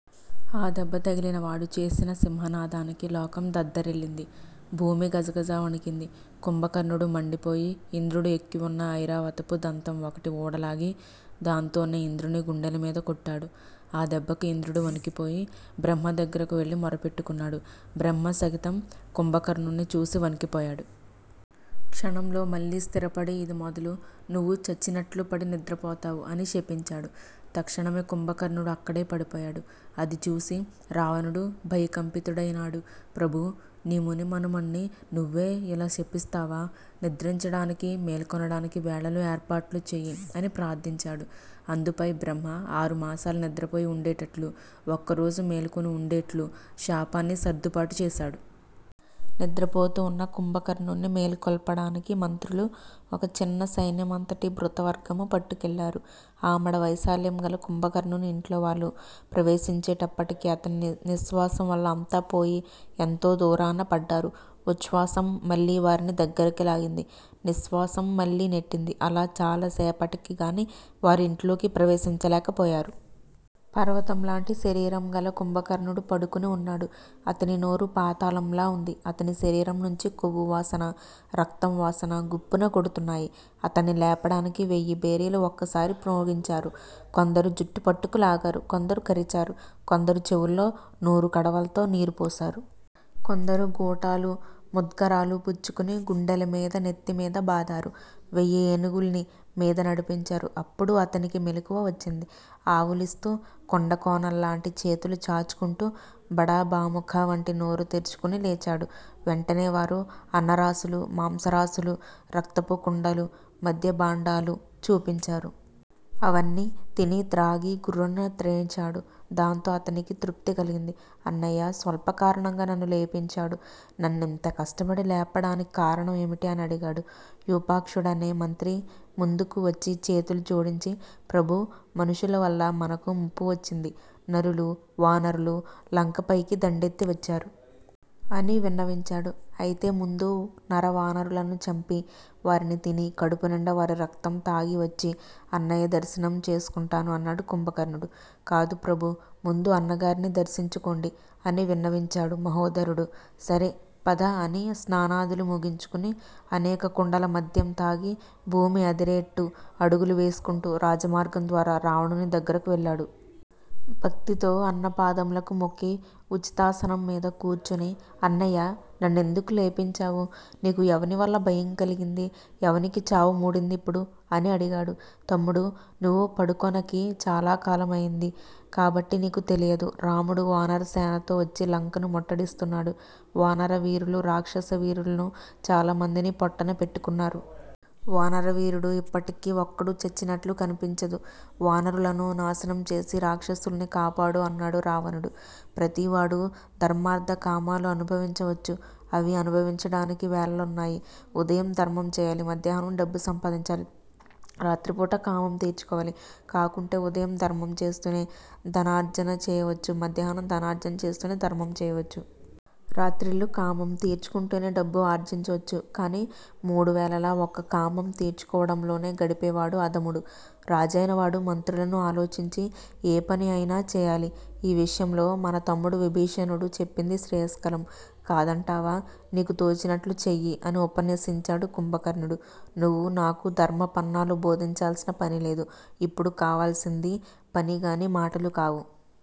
ఆ దెబ్బతగిలి వాడు చేసిన సింహనాదానికి లోకం దద్దరిల్లింది. భూమి గజగజా వణికింది. కుంభకర్ణుడు మండిపోయి ఇంద్రుడు ఎక్కి వున్న ఐరావతపు దంతం ఒకటి ఊడలాగి దాంతోనే ఇంద్రుని గుండెలమీద కొట్టాడు. ఆ దెబ్బకు ఇంద్రుడు వణికిపోయి బ్రహ్మ దగ్గరకు వెళ్లి మొరపెట్టకున్నాడు. బ్రహ్మ సహితం కుంభకర్ణుణ్ణి చూసి వణికిపోయాడు. క్షణంలో మళ్లీ స్థిరపడి ఇది మొదలు నువ్వు చచ్చినట్లుపడి నిద్రపోతావు అని శపించాడు. తక్షణమే కుంభకర్ణుడు అక్కడే పడిపోయాడు. అది చూసి రావణుడు భయకంపితుడైనాడు. ప్రభూ! నీ ముని మనుమణ్ని నువ్వే ఇలా శపిస్తావా? నిద్రించడానికి మేల్కొనడానికి వేళలు ఏర్పాట్లు చెయ్యి అని ప్రార్దించాడు. అందుపై బ్రహ్మ 'ఆరు మాసాలు నిద్రపోయి వుండేటట్లూ, ఒక్కరోజు మేలుకొని వుండేట్లూ, శాపాన్ని సర్దుపాటు చేశాడు. నిద్రపోతూ వున్న కుంభకర్ణుణ్ని మేల్కొల్పడానికి మంత్రులూ, ఒక చిన్న సైన్యమంతటి భృతవర్గమూ పట్టుకెళ్లారు. ఆమడ వైశాల్యంగల కుంభకర్ణుని ఇంట్లోవారు ప్రవేశించేటప్పటికి అతని నిశ్శ్వాసం వల్ల అంతా పోయి ఎంతో దూరాన పడ్డారు. ఉచ్చ్వాసం మళ్లీ వారిని దగ్గరికి లాగింది. నిశ్శ్వాసం మళ్లీ నెట్టింది. అలా చాలా సేపటికిగాని వారు ఇంట్లోకి ప్రవేశించలేకపోయారు. పర్వతంలాంటి శరీరంగల కుంభకర్ణుడు పడుకుని వున్నాడు. అతని నోరు పాతాళంలా వుంది. అతని శరీరం నుంచి కొవ్వు వాసనా, రక్తం వాసనా గుప్పున కొడుతున్నాయి. అతణ్ని లేపడానికి వెయ్యిభేరీలు ఒక్కసారి మ్రోగించారు. కొందరు జుట్టు పట్టుకులాగారు. కొందరు కరిచారు. కొందరు చెవుల్లో నూరుకడవల్తో నీరు పోశారు. కొందరు గూటాలూ ముద్గరాలూ పుచ్చుకుని గుండెలమీదా నెత్తి మీదా బాదారు. వెయ్యి ఏనుగుల్ని మీద నడిపించారు. అప్పుడు అతనికి మెలకువ వచ్చింది. ఆవులిస్తూ, కొండకొనల్లాంటి చేతులు చాచుకుంటూ, బడబాముఖ వంటి నోరు తెరుచుకొని లేచాడు. వెంటనే వారు అన్నరాసులూ, మాంసరాసులూ, రక్తపు కుండలూ, మద్యభాండాలూ చూపించారు. అవన్నీ తిని త్రాగీ గుర్రున త్రేన్చాడు. దాంతో అతనికి తృప్తి కలిగింది. అన్నయ్య స్వల్పకారణంగా నన్ను లేపించాడు. నన్నింత కష్టపడి లేపడానిక్కారణం ఏమిటి? అని అడిగాడు. యూపాక్షుడనే మంత్రి ముందుకు వచ్చి చేతులు జోడించి ప్రభూ! మనుష్యులవల్ల మనకు ముప్పువచ్చింది. నరులూ, వానరులూ, లంక పైకి దండెత్తి వచ్చారు. ' అని విన్నవించాడు. అయితే ముందు నరవానరులను చంపి వారిని తిని కడుపునిండా వారి రక్తం తాగివచ్చి అన్నయ్య దర్శనం చేసుకుంటాను అన్నాడు కుంభకర్ణుడు. కాదు ప్రభూ! ముందు అన్నగారిని దర్శించుకోండి అని విన్నవించాడు మహోదరుడు. సరే, పద అని స్నానాదులు ముగించుకుని అనేక కుండల మద్యం తాగి భూమి అదిరేట్టు అడుగులు వేసుకుంటూ రాజమార్గం ద్వారా రావణుని దగ్గరకు వెళ్లాడు. భక్తితో అన్నపాదాలకు మొక్కి ఉచితాసనం మీద కూర్చుని అన్నయ్యా! నన్నెందుకు లేపించావు? నీకు ఎవనివల్ల భయం కలిగింది? ఎవనికి చావు మూడిందిప్పుడు? అని అడిగాడు. తమ్ముడూ! నువ్వు పడుకొనకి చాలాకాలం అయింది. కాబట్టి నీకు తెలియదు. రాముడు వానరసేనతో వచ్చి లంకను ముట్టడిస్తున్నాడు. వానరవీరులు రాక్షస వీరుల్ను చాలమందిని పొట్టనపెట్టుకున్నారు. వానర వీరుడు ఇప్పటికి ఒక్కడూ చచ్చినట్లు కనిపించదు. వానరులను నాశనం చేసి రాక్షసుల్ని కాపాడు అన్నాడు రావణుడు. ప్రతివాడూ ధర్మార్దకామాలు అనుభవించవచ్చు. అవి అనుభవించడానికి వేళలున్నాయి. ఉదయం ధర్మంచేయాలి. మధ్యాహ్నం డబ్బు సంపాదించాలి. రాత్రిపూట కామం తీర్చుకోవాలి. కాకుంటే ఉదయం ధర్మంచేస్తూనే ధనార్జనచేయవచ్చు. మధ్యాహ్నం ధనార్జనచేస్తూనే ధర్మం చేయవచ్చు. రాత్రిళ్ళు కామం తీర్చుకుంటూనే డబ్బు ఆర్జించవచ్చు. కాని మూడువేళలా ఒక్క కామం తీర్చుకోవడంలోనే గడిపేవాడు అధముడు. రాజైనవాడు మంత్రులను ఆలోచించి ఏ పని అయినా చేయాలి. ఈ విషయంలో మన తమ్ముడు విభీషణుడు చెప్పింది శ్రేయస్కరం. కాదంటావా నీకు తోచినట్లు చెయ్యి అని ఉపన్యసించాడు కుంభకర్ణుడు. నువ్వు నాకు ధర్మపన్నాలు బోధించాల్సిన పనిలేదు. ఇప్పుడు కావాల్సింది. పనిగాని మాటలుకావు.